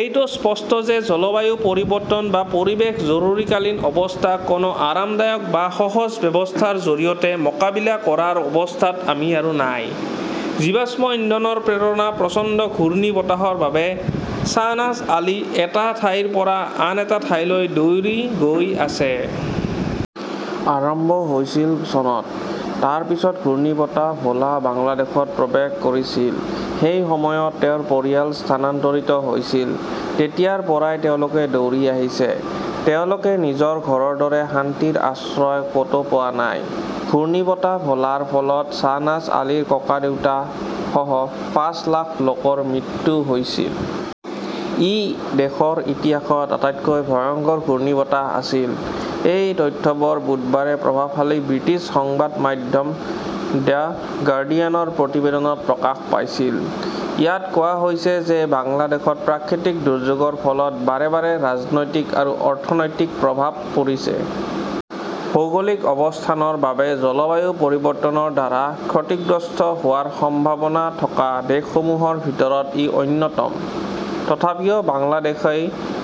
এইটো স্পষ্ট যে জলবায়ু পৰিৱৰ্তন বা পৰিৱেশ জৰুৰীকালীন অৱস্থাক কোনো আৰামদায়ক বা সহজ ব্যৱস্থাৰ জৰিয়তে মোকাবিলা কৰাৰ অৱস্থাত আমি আৰু নাই। জীৱাশ্ম ইন্ধনৰ প্ৰেৰণা প্ৰচণ্ড ঘূৰ্ণীবতাহৰ বাবে শ্বাহনাজ আলী এটা ঠাইৰ পৰা আন এটা ঠাইলৈ দৌৰি গৈ আছে। আৰম্ভ হৈছিল চনত। তাৰ পিছত ঘূৰ্ণীবতাহ ভোলা বাংলাদেশত প্ৰৱেশ কৰিছিল। সেই সময়ত তেওঁৰ পৰিয়াল স্থানান্তৰিত হৈছিল। তেতিয়াৰ পৰাই তেওঁলোকে দৌৰি আহিছে; তেওঁলোকে নিজৰ ঘৰৰ দৰে শান্তিৰ আশ্ৰয় ক "তো পোৱা নাই। ঘূৰ্ণীবতাহ ভোলাৰ ফলত শ্বাহনাজ আলীৰ ককাদেউতা সহ পাঁচ লাখ লোকৰ মৃত্যু হৈছিল। ই দেশৰ ইতিহাসত আটাইতকৈ ভয়ংকৰ ঘূৰ্ণীবতাহ আছিল। এই তথ্যবোৰ বুধবাৰে প্ৰভাৱশালী ব্ৰিটিছ সংবাদ মাধ্যম দ্য গাৰ্ডিয়ানৰ প্ৰতিবেদনত প্ৰকাশ পাইছিল। ইয়াত কোৱা হৈছে যে বাংলাদেশত প্ৰাকৃতিক দুৰ্যোগৰ ফলত বাৰে বাৰে ৰাজনৈতিক আৰু অৰ্থনৈতিক প্ৰভাৱ পৰিছে। ভৌগোলিক অৱস্থানৰ বাবে জলবায়ু পৰিৱৰ্তনৰ দ্বাৰা ক্ষতিগ্ৰস্ত হোৱাৰ সম্ভাৱনা থকা দেশসমূহৰ ভিতৰত ই অন্যতম। তথাপিও বাংলাদেশই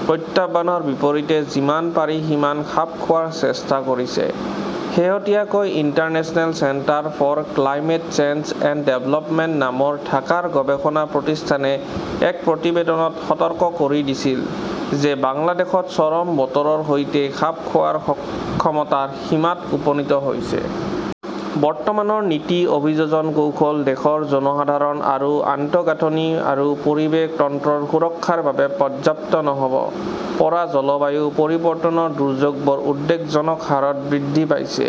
প্ৰত্যাহ্বানৰ বিপৰীতে যিমান পাৰি সিমান খাপ খোৱাৰ চেষ্টা কৰিছে। শেহতীয়াকৈ, International Centre for Climate Change and Development নামৰ ঢাকাৰ গৱেষণা প্ৰতিষ্ঠানে এক প্ৰতিবেদনত সতৰ্ক কৰি দিছিল যে বাংলাদেশ চৰম বতৰৰ সৈতে খাপ খোৱাৰ ক্ষমতাৰ সীমাত উপনীত হৈছে। বৰ্তমানৰ নীতি, অভিযোজন কৌশল দেশৰ জনসাধাৰণ আৰু আন্তঃগাঁথনি আৰু পৰিৱেশ তন্ত্ৰৰ সুৰক্ষাৰ বাবে পৰ্যাপ্ত নহ 'ব পৰা জলবায়ু পৰিৱৰ্তনৰ দুৰ্যোগবোৰ উদ্বেগজনক হাৰত বৃদ্ধি পাইছে।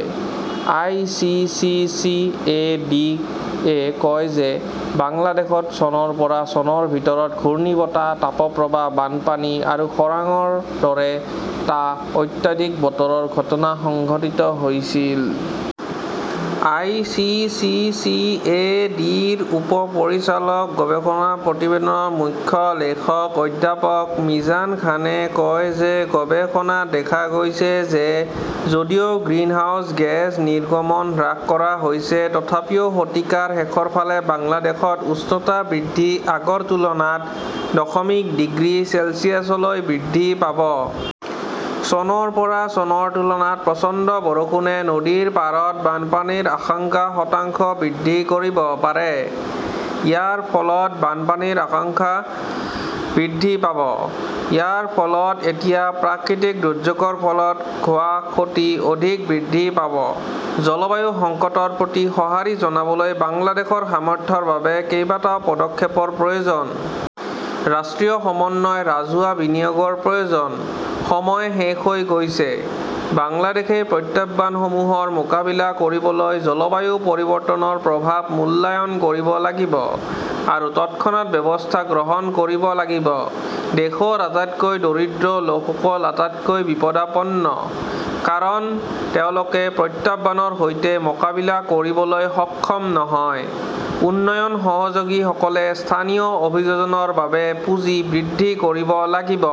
I. C. C. C. A. D. -য়ে কয় যে বাংলাদেশত চনৰ পৰা চনৰ ভিতৰত ঘূৰ্ণীবতাহ, তাপপ্ৰবাহ, বানপানী আৰু খৰাংৰ দৰে টা অত্যাধিক বতৰৰ ঘটনা সংঘটিত হৈছিল। I. C. C. C. A. D. -ৰ উপ-পৰিচালক গৱেষণা প্ৰতিবেদনৰ মুখ্য লেখক অধ্যাপক মিজান খানে কয় যে গৱেষণাত দেখা গৈছে যে যদিও গ্ৰিনহাউজ গেছ নিৰ্গমন হ্ৰাস কৰা হৈছে, তথাপিও শতিকাৰ শেষৰ ফালে বাংলাদেশত উষ্ণতা বৃদ্ধি আগৰ তুলনাত দশমিক ডিগ্ৰী চেলছিয়াছলৈ বৃদ্ধি পাব। চনৰ পৰা চনৰ তুলনাত প্ৰচণ্ড বৰষুণে নদীৰ পাৰত বানপানীৰ আশংকা শতাংশ বৃদ্ধি কৰিব পাৰে। ইয়াৰ ফলত বানপানীৰ আশংকা বৃদ্ধি পাব। ইয়াৰ ফলত এতিয়া প্ৰাকৃতিক দুৰ্যোগৰ ফলত হোৱা ক্ষতি অধিক বৃদ্ধি পাব। জলবায়ু সংকটৰ প্ৰতি সঁহাৰি জনাবলৈ বাংলাদেশৰ সামৰ্থ্যৰ বাবে কেইবাটাও পদক্ষেপৰ প্ৰয়োজন। ৰাষ্ট্ৰীয় সমন্বয়, ৰাজহুৱা বিনিয়োগৰ প্ৰয়োজন। সময় শেষ হৈ গৈছে। বাংলাদেশই প্ৰত্যাহ্বানসমূহৰ মোকাবিলা কৰিবলৈ জলবায়ু পৰিৱৰ্তনৰ প্ৰভাৱ মূল্যায়ন কৰিব লাগিব আৰু তৎক্ষণাত ব্যৱস্থা গ্ৰহণ কৰিব লাগিব। দেশৰ আটাইতকৈ দৰিদ্ৰ লোকসকল আটাইতকৈ বিপদাপন্ন। কাৰণ, তেওঁলোকে প্ৰত্যাহ্বানৰ সৈতে মোকাবিলা কৰিবলৈ সক্ষম নহয়। উন্নয়ন সহযোগীসকলে স্থানীয় অভিযোজনৰ বাবে পুঁজি বৃদ্ধি কৰিব লাগিব।